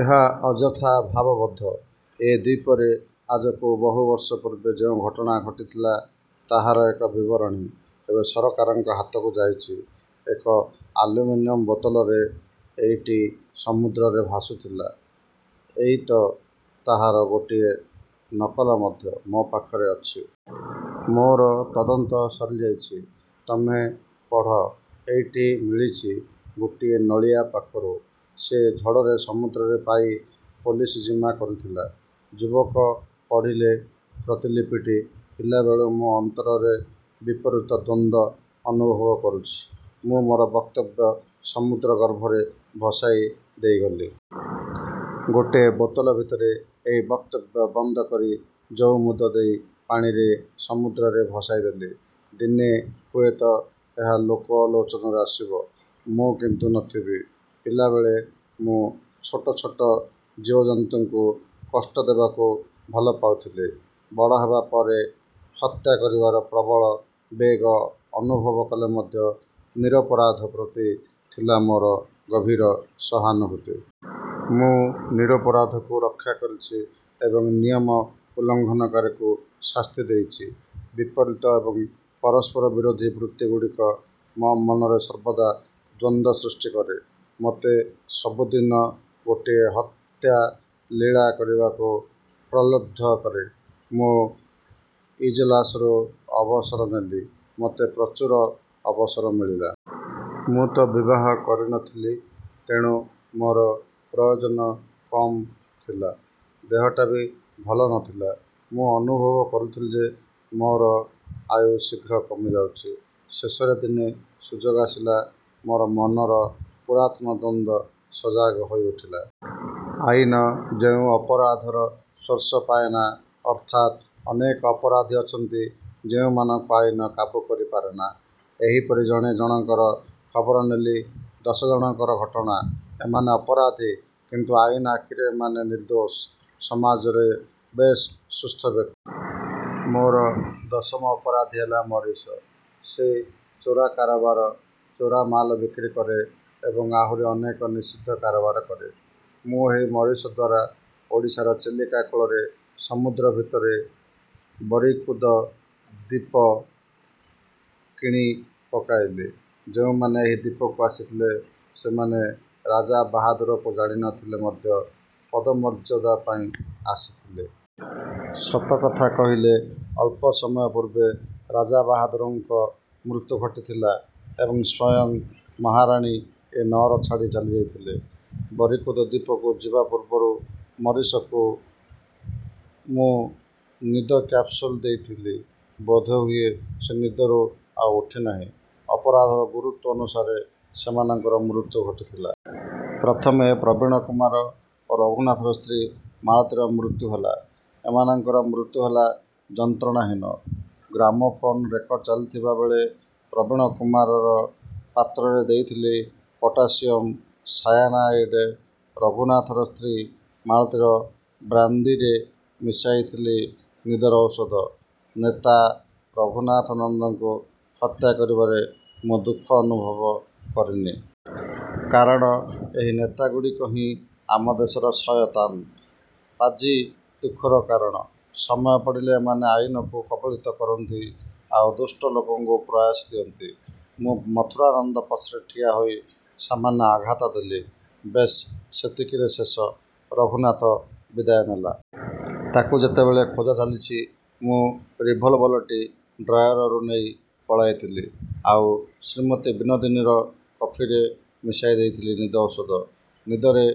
ଏହା ଅଯଥା ଭାବବୋଧ। ଏ ଦ୍ଵୀପରେ ଆଜକୁ ବହୁ ବର୍ଷ ପୂର୍ବେ ଯେଉଁ ଘଟଣା ଘଟିଥିଲା ତାହାର ଏକ ବିବରଣୀ ଏବେ ସରକାରଙ୍କ ହାତକୁ ଯାଇଛି । ଏକ ଆଲୁମିନିୟମ ବୋତଲରେ ଏଇଟି ସମୁଦ୍ରରେ ଭାସୁଥିଲା। ଏଇ ତ ତାହାର ଗୋଟାଏ ନକଲ ମଧ୍ୟ ମୋ ପାଖରେ ଅଛି। ମୋର ତଦନ୍ତ ସରିଯାଇଛି। ତମେ ପଢ଼। ଏଇଟି ମିଳିଛି ଗୋଟିଏ ନାଳିଆ ପାଖରୁ। ସେ ଝଡ଼ରେ ସମୁଦ୍ରରେ ପାଇ ପୋଲିସ ଜିମା କରିଥିଲା। ଯୁବକ ପଢ଼ିଲେ ପ୍ରତିଲିପିଟି, ପିଲାବେଳୁ ମୁଁ ଅନ୍ତରରେ ବିପରୀତ ଦ୍ଵନ୍ଦ୍ୱ ଅନୁଭବ କରୁଛି। ମୁଁ ମୋର ବକ୍ତବ୍ୟ ସମୁଦ୍ର ଗର୍ଭରେ ଭସାଇ ଦେଇଗଲି। ଗୋଟେ ବୋତଲ ଭିତରେ ଏହି ବକ୍ତବ୍ୟ ବନ୍ଦ କରି ଜଉମୁଦ ଦେଇ ପାଣିରେ ସମୁଦ୍ରରେ ଭସାଇଦେଲି। ଦିନେ ହୁଏତ ଏହା ଲୋକଲୋଚନରେ ଆସିବ। ମୁଁ କିନ୍ତୁ ନ ଥିବି। ପିଲାବେଳେ ମୁଁ ଛୋଟ ଛୋଟ ଜୀବଜନ୍ତୁଙ୍କୁ କଷ୍ଟ ଦେବାକୁ ଭଲ ପାଉଥିଲି। ବଡ଼ ହେବା ପରେ ହତ୍ୟା କରିବାର ପ୍ରବଳ ବେଗ ଅନୁଭବ କଲେ ମଧ୍ୟ ନିରପରାଧ ପ୍ରତି ଥିଲା ମୋର ଗଭୀର ସହାନୁଭୂତି। ମୁଁ ନିରପରାଧକୁ ରକ୍ଷା କରିଛି ଏବଂ ନିୟମ ଉଲ୍ଲଂଘନକାରୀକୁ ଶାସ୍ତି ଦେଇଛି। ବିପରୀତ ଏବଂ ପରସ୍ପର ବିରୋଧୀ ବୃତ୍ତିଗୁଡ଼ିକ ମୋ ମନରେ ସର୍ବଦା ଦ୍ଵନ୍ଦ୍ୱ ସୃଷ୍ଟି କରେ। ମୋତେ ସବୁଦିନ ଗୋଟିଏ ହତ୍ୟାଲୀଳା କରିବାକୁ ପ୍ରଲୋବ୍ଧ କରେ। ମୁଁ ଇଜଲାସରୁ ଅବସର ନେଲି। ମୋତେ ପ୍ରଚୁର ଅବସର ମିଳିଲା। ମୁଁ ତ ବିବାହ କରି ନ ଥିଲି ତେଣୁ ମୋର ପ୍ରୟୋଜନ କମ୍ ଥିଲା। ଦେହଟା ବି ଭଲ ନ ଥିଲା। ମୁଁ ଅନୁଭବ କରୁଥିଲି ଯେ ମୋର ଆୟୁ ଶୀଘ୍ର କମିଯାଉଛି। ଶେଷରେ ଦିନେ ସୁଯୋଗ ଆସିଲା। ମୋର ମନର ପୁରାତନ ଦ୍ଵନ୍ଦ୍ୱ ସଜାଗ ହୋଇଉଠିଲା। ଆଇନ ଯେଉଁ ଅପରାଧର ସ୍ପର୍ଶ ପାଏନା, ଅର୍ଥାତ୍ ଅନେକ ଅପରାଧୀ ଅଛନ୍ତି ଯେଉଁମାନଙ୍କୁ ଆଇନ କାବୁ କରି ପାରେନା, ଏହିପରି ଜଣ ଜଣଙ୍କର ଖବର ନେଲି। ଦଶ ଜଣଙ୍କର ଘଟଣା। ଏମାନେ ଅପରାଧୀ କିନ୍ତୁ ଆଇନ ଆଖିରେ ଏମାନେ ନିର୍ଦ୍ଦୋଷ, ସମାଜର ବେଶ୍ ସୁସ୍ଥ ବ୍ୟ। ମୋର ଦଶମ ଅପରାଧୀ ହେଲା ମରିସ। ସେ ଚୋରା କାରବାର, ଚୋରା ମାଲ ବିକ୍ରି କରେ ଏବଂ ଆହୁରି ଅନେକ ନିଷିଦ୍ଧ କାରବାର କରେ। ମୁଁ ଏହି ମରିସ ଦ୍ଵାରା ଓଡ଼ିଶାର ଚିଲିକା କୂଳରେ ସମୁଦ୍ର ଭିତରେ ବରିକୁଦ ଦ୍ଵୀପ କିଣିପକାଇଲି। ଯେଉଁମାନେ ଏହି ଦ୍ଵୀପକୁ ଆସିଥିଲେ ସେମାନେ ରାଜାବାହାଦୁରକୁ ଜାଣି ନ ଥିଲେ ମଧ୍ୟ ପଦମର୍ଯ୍ୟାଦା ପାଇଁ ଆସିଥିଲେ। ସତ କଥା କହିଲେ, ଅଳ୍ପ ସମୟ ପୂର୍ବେ ରାଜାବାହାଦୁରଙ୍କ ମୃତ୍ୟୁ ଘଟିଥିଲା ଏବଂ ସ୍ୱୟଂ ମହାରାଣୀ ଏ ନଅର ଛାଡ଼ି ଚାଲିଯାଇଥିଲେ। ବରିକୁଦ ଦ୍ଵୀପକୁ ଯିବା ପୂର୍ବରୁ ମରିସକୁ ମୁଁ ନିଦ କ୍ୟାପସୁଲ ଦେଇଥିଲି। ବୋଧହୁଏ ସେ ନିଦରୁ ଆଉ ଉଠିନାହିଁ। ଅପରାଧର ଗୁରୁତ୍ଵ ଅନୁସାରେ ସେମାନଙ୍କର ମୃତ୍ୟୁ ଘଟିଥିଲା। ପ୍ରଥମେ ପ୍ରବୀଣକୁମାର ଓ ରଘୁନାଥର ସ୍ତ୍ରୀ ମାଳତୀର ମୃତ୍ୟୁ ହେଲା। ଏମାନଙ୍କର ମୃତ୍ୟୁ ହେଲା ଯନ୍ତ୍ରଣାହୀନ। ଗ୍ରାମୋଫୋନ ରେକର୍ଡ଼ ଚାଲିଥିବା ବେଳେ ପ୍ରବୀଣକୁମାରର ପାତ୍ରରେ ଦେଇଥିଲି ପଟାସିୟମ୍ ସାୟାନାଇଡ୍। ରଘୁନାଥର ସ୍ତ୍ରୀ ମାଳତୀର ବ୍ରାଣ୍ଡିରେ ମିଶାଇଥିଲି ନିଦର ଔଷଧ। ନେତା ମଥୁରାନନ୍ଦକୁ ହତ୍ୟା କରିବାରେ ମୁଁ ଦୁଃଖ ଅନୁଭବ କରିନି। କାରଣ ଏହି ନେତାଗୁଡ଼ିକ ହିଁ ଆମ ଦେଶର ଶୟତାନ, ପାଜି, ଦୁଃଖର କାରଣ। ସମୟ ପଡ଼ିଲେ ଏମାନେ ଆଇନକୁ କବଳିତ କରନ୍ତି ଆଉ ଦୁଷ୍ଟ ଲୋକକୁ ପ୍ରଶ୍ରୟ ଦିଅନ୍ତି। ମୁଁ ମଥୁରାନନ୍ଦ ପଛରେ ଠିଆ ହୋଇ ସାମାନ୍ୟ ଆଘାତ ଦେଲି, ବେଶ୍ ସେତିକିରେ ଶେଷ। ରଘୁନାଥ ବିଦାୟ ନେଲା। ତାକୁ ଯେତେବେଳେ ଖୋଜା ଚାଲିଛି ମୁଁ ରିଭଲଭର ଟି ଡ୍ରୟାରରୁ ନେଇ ପଳାଇଥିଲି, ଆଉ ଶ୍ରୀମତୀ ବିନୋଦିନୀର କଫିରେ ମିଶାଇଦେଇଥିଲି ନିଦ ଔଷଧ। ନିଦରେ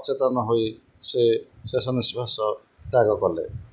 ଅଚେତନ ହୋଇ ସେ ଶେଷ ନିଶ୍ୱାସ ତ୍ୟାଗ କଲେ।